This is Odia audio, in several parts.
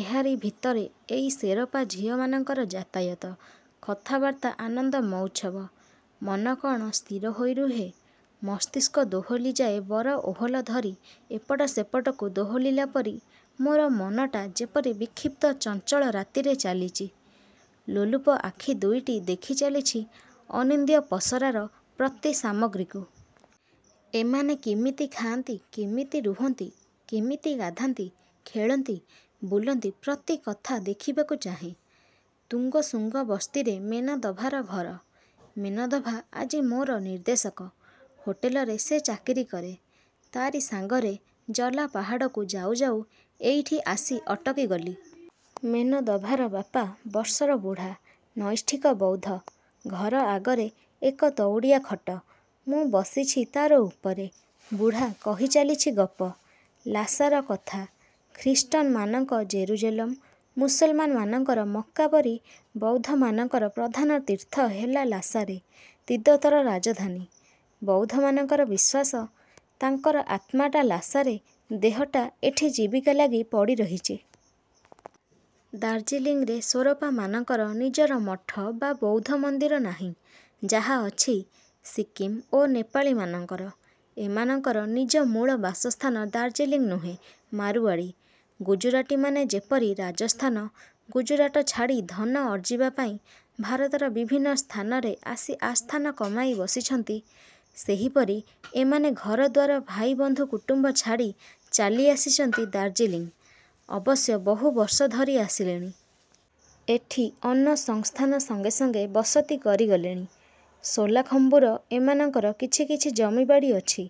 ଏହାରି ଭିତରେ ଏଇ ସେରପା ଝିଅମାନଙ୍କର ଯାତାୟତ, କଥାବାର୍ତ୍ତା ଆନନ୍ଦ ମଉଚ୍ଛବ। ମନ କ'ଣ ସ୍ଥିର ହୋଇ ରୁହେ? ମସ୍ତିଷ୍କ ଦୋହଲି ଯାଏବର ଓହଲ ଧରି ଏପଟକୁ ସେପଟକୁ ଦୋହଲିଲା ପରି ମୋର ମନଟା ଯେପରି ବିକ୍ଷିପ୍ତ ଚଞ୍ଚଳ ରାତିରେ ଚାଲିଚି। ଲୋଲୁପ ଆଖି ଦୁଇଟି ଦେଖି ଚାଲିଛି ଅନିନ୍ଦ୍ୟ ପସରାର ପ୍ରତି ସାମଗ୍ରୀକୁ। ଏମାନେ କିମିତି ଖାଆନ୍ତି-କିମିତି ରୁହନ୍ତି, କିମିତି ଗାଧାନ୍ତି, ଖେଳନ୍ତି, ବୁଲନ୍ତି ପ୍ରତି କଥା ଦେଖିବାକୁ ଚାହେଁ। ତୁଙ୍ଗସୁଙ୍ଗ ବସ୍ତିରେ ମେନଦଭାର ଘର। ମେନଦଭା ଆଜି ମୋର ନିର୍ଦ୍ଦେଶକ; ହୋଟେଲରେ ସେ ଚାକିରୀ କରେ। ତା'ରି ସାଙ୍ଗରେ ଜଲାପାହାଡ଼କୁ ଯାଉ ଯାଉ ଏଇଠି ଆସି ଅଟକି ଗଲି। ମେନଦଭାର ବାପା ବର୍ଷର ବୁଢ଼ା। ନୈଷ୍ଠିକ ବୌଦ୍ଧ। ଘର ଆଗରେ ଏକ ଦଉଡ଼ିଆ ଖଟ। ମୁଁ ବସିଛି ତାର ଉପରେ-ବୁଢ଼ା କହି ଚାଲିଛି ଗପ। ଲାସାର କଥା। ଖ୍ରୀଷ୍ଟନମାନଙ୍କ ଜେରୁଜେଲମ, ମୁସଲମାନ ମାନଙ୍କର ମକ୍କା ପରି ବୌଦ୍ଧମାନଙ୍କର ପ୍ରଧାନ ତୀର୍ଥ ହେଲା ଲାସାରେ-ତିବ୍ଦତର ରାଜଧାନୀ। ବୌଦ୍ଧମାନଙ୍କର ବିଶ୍ୱାସ-ତାଙ୍କର ଆତ୍ମାଟା ଲାସାରେ-ଦେହଟା ଏଠି ଜୀବିକା ଲାଗି ପଡ଼ି ରହିଛି। ଦାର୍ଜିଲିଂରେ ସୋରପାମାନଙ୍କର ନିଜର ମଠ ବା ବୌଦ୍ଧ ମନ୍ଦିର ନାହିଁ-ଯାହା ଅଛି ସିକିମ ଓ ନେପାଳୀମାନଙ୍କର। ଏମାନଙ୍କର ନିଜ ମୂଳ ବାସସ୍ଥାନ ଦାର୍ଜିଲିଂ ନୁହେଁ-ମାରୁଆଡ଼ି, ଗୁଜୁରାଟୀମାନେ ଯେପରି ରାଜସ୍ଥାନ, ଗୁଜରାଟ ଛାଡ଼ି ଧନ ଅର୍ଜିବାପାଇଁ ଭାରତର ବିଭିନ୍ନ ସ୍ଥାନରେ ଆସି ଆସ୍ଥାନ କମାଇ ବସିଛନ୍ତି ସେହିପରି ଏମାନେ ଘରଦ୍ୱାର ଭାଇ ବନ୍ଧୁ କୁଟୁମ୍ୱ ଛାଡ଼ି ଚାଲି ଆସିଚନ୍ତି ଦାର୍ଜିଲିଂ-ଅବଶ୍ୟ ବହୁ ବର୍ଷ ଧରି ଆସିଲେଣି-। ଏଠି ଅନ୍ନ ସଂସ୍ଥାନ ସଙ୍ଗେ ସଙ୍ଗେ ବସତି କରି ଗଲେଣି। ଶୋଲାଖମ୍ୱୁର ଏମାନଙ୍କର କିଛି କିଛି ଜମିବାଡ଼ି ଅଛି-।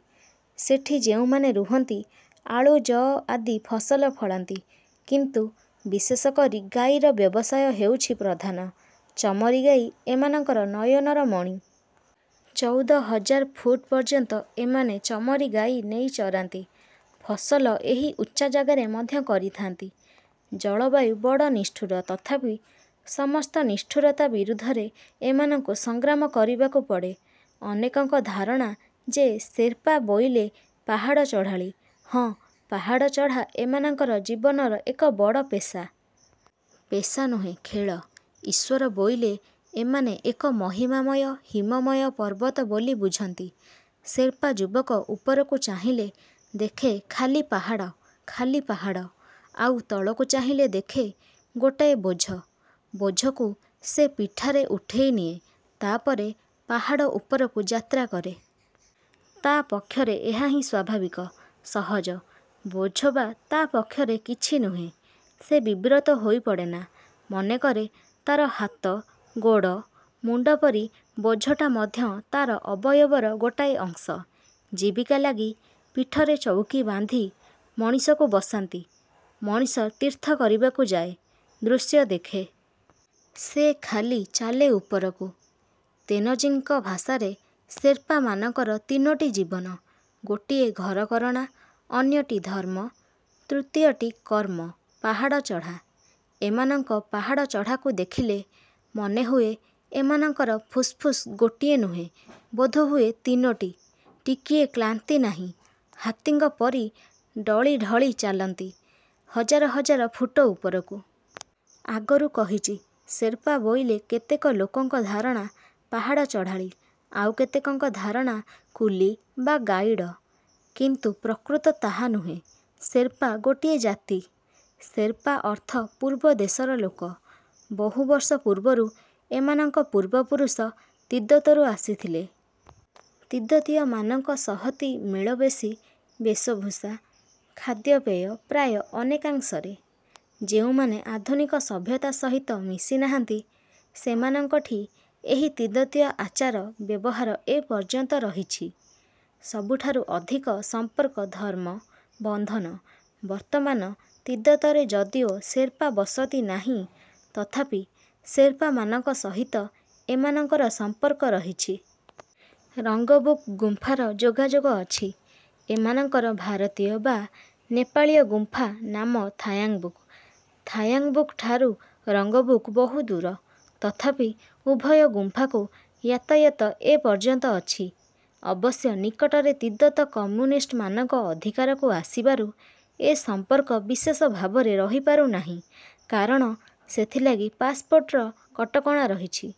ସେଠି ଯେଉଁମାନେ ରୁହନ୍ତି ଆଳୁ ଜଅ ଆଦି ଫସଲ ଫଳାନ୍ତି। କିନ୍ତୁ ବିଶେଷ କରି ଗାଈର ବ୍ୟବସାୟ ହେଉଛି ପ୍ରଧାନ। ଚମରି ଗାଈ ଏମାନଙ୍କର ନୟନର ମଣି। ଚୌଦ ହଜାର ଫୁଟ ପର୍ଯ୍ୟନ୍ତଏମାନେ ଚମରି ଗାଈ ନେଇ ଚରାନ୍ତି। ଫସଲ ଏହି ଉଚ୍ଚଜାଗାରେ ମଧ୍ୟ କରିଥାନ୍ତି-। ଜଳବାୟୁ ବଡ଼ ନିଷ୍ଠୁର ତଥାପି ସମସ୍ତ ନିଷ୍ଠୁରତା ବିରୁଦ୍ଧରେ ଏମାନଙ୍କୁ ସଂଗ୍ରାମ କରିବାକୁ ପଡ଼େ-। ଅନେକଙ୍କ ଧାରଣା ଯେ ସେର୍ପା ବୋଇଲେ ପାହାଡ଼ ଚଢ଼ାଳୀ। ହଁ ପାହାଡ଼ଚଢ଼ା ଏମାନଙ୍କର ଜୀବନର ଏକ ବଡ଼ ପେଶା। ପେଶା ନୁହେଁ ଖେଳ। ଈଶ୍ୱର ବୋଇଲେ ଏମାନେ ଏକ ମହିମାମୟ ହିମମୟ ପର୍ବତ ବୋଲି ବୁଝନ୍ତି। ସେର୍ପା ଯୁବକ ଉପରକୁ ଚାହିଁଲେ, ଦେଖେ ଖାଲି ପାହାଡ଼-ଖାଲି ପାହାଡ଼। ଆଉ ତଳକୁ ଚାହିଁଲେ ଦେଖେ-ଗୋଟାଏ ବୋଝ। ବୋଝକୁ ସେ ପିଠାରେ ଉଠେଇ ନିଏ-ତାପରେ ପାହାଡ଼ ଉପରକୁ ଯାତ୍ରା କରେ। ତା ପକ୍ଷରେ ଏହାହିଁ ସ୍ୱାଭାବିକ, ସହଜ। ବୋଝବା ତା ପକ୍ଷରେ କିଛି ନୁହେଁ-ସେ ବିବ୍ରତ ହୋଇ ପଡ଼େନା। ମନେକରେ ତାର ହାତ, ଗୋଡ଼, ମୁଣ୍ଡ ପରି ବୋଝଟା ମଧ୍ୟ ତାର ଅବୟବର ଗୋଟାଏ ଅଂଶ। ଜୀବିକା ଲାଗି ପିଠରେ ଚୌକି ବାନ୍ଧି ମଣିଷକୁ ବସାନ୍ତି, ମଣିଷ ତୀର୍ଥ କରିବାକୁ ଯାଏ-ଦୃଶ୍ୟ ଦେଖେ। ସେ ଖାଲି ଚାଲେ ଉପରକୁ। ତେନଜିଂଙ୍କ ଭାଷାରେ ସେର୍ପାମାନଙ୍କର ତିନୋଟି ଜୀବନ। ଗୋଟିଏ ଘରକରଣା, ଅନ୍ୟଟି ଧର୍ମ, ତୃତୀୟଟି କର୍ମ-ପାହାଡ଼ ଚଢ଼ା। ଏମାନଙ୍କ ପାହାଡ଼ ଚଢ଼ାକୁ ଦେଖିଲେ, ମନେହୁଏ ଏମାନଙ୍କର ଫୁସ୍ଫୁସ୍ ଗୋଟିଏ ନୁହେଁ, ବୋଧହୁଏ ତିନୋଟି। ଟିକିଏ କ୍ଳାନ୍ତି ନାହିଁ-ହାତୀଙ୍କ ପରି ଡଳି ଢଳି ଚାଲନ୍ତି ହଜାର ହଜାର ଫୁଟ ଉପରକୁ। ଆଗରୁ କହିଚି ସେର୍ପା ବୋଇଲେ କେତେକ ଲୋକଙ୍କ ଧାରଣା ପାହାଡ଼ ଚଢ଼ାଳୀ। ଆଉ କେତେକଙ୍କ ଧାରଣା କୁଲି ବା ଗାଇଡ଼। କିନ୍ତୁ ପ୍ରକୃତ ତାହା ନୁହେଁ। ସେର୍ପା ଗୋଟିଏ ଜାତି। ସେର୍ପା ଅର୍ଥ ପୂର୍ବ ଦେଶର ଲୋକ। ବହୁ ବର୍ଷ ପୂର୍ବରୁ ଏମାନଙ୍କ ପୂର୍ବପୁରୁଷ ତିବ୍ଦତରୁ ଆସିଥିଲେ। ତିବ୍ଦତୀୟମାନଙ୍କ ସହତି ମେଳ ବେଶି-ବେଷଭୂଷା, ଖାଦ୍ୟପେୟ ପ୍ରାୟ ଅନେକାଂଶରେ। ଯେଉଁମାନେ ଆଧୁନିକ ସଭ୍ୟତା ସହିତ ମିଶି ନାହାନ୍ତି, ସେମାନଙ୍କଠି ଏହି ତିବ୍ଦତୀୟ ଆଚାର ବ୍ୟବହାର ଏ ପର୍ଯ୍ୟନ୍ତ ରହିଛି। ସବୁଠାରୁ ଅଧିକ ସମ୍ପର୍କ ଧର୍ମ-ବନ୍ଧନ। ବର୍ତ୍ତମାନ ତିବ୍ଦତରେ ଯଦିଓ ସେର୍ପା ବସତି ନାହିଁ, ତଥାପି ସେର୍ପାମାନଙ୍କ ସହିତ ଏମାନଙ୍କର ସମ୍ପର୍କ ରହିଛି। 'ରଙ୍ଗବୁକ୍' ଗୁମ୍ପାର ଯୋଗାଯୋଗ ଅଛି। ଏମାନଙ୍କର ଭାରତୀୟ ବା ନେପାଳୀୟ ଗୁମ୍ପା ନାମ ଥାୟାଂବୁକ। ଥାୟାଂବୁକଠାରୁ ରଙ୍ଗବୁକ୍ ବହୁ ଦୂର; ତଥାପି ଉଭୟ ଗୁମ୍ପାକୁ ୟାତାୟତ ଏ ପର୍ଯ୍ୟନ୍ତ ଅଛି। ଅବଶ୍ୟ ନିକଟରେ ତିବ୍ଦତ କମ୍ୟୁନିଷ୍ଟମାନଙ୍କ ଅଧିକାରକୁ ଆସିବାରୁ ଏ ସମ୍ପର୍କ ବିଶେଷ ଭାବରେ ରହି ପାରୁନାହିଁ। କାରଣ ସେଥିଲାଗି ପାସପୋର୍ଟର କଟକଣା ରହିଛି।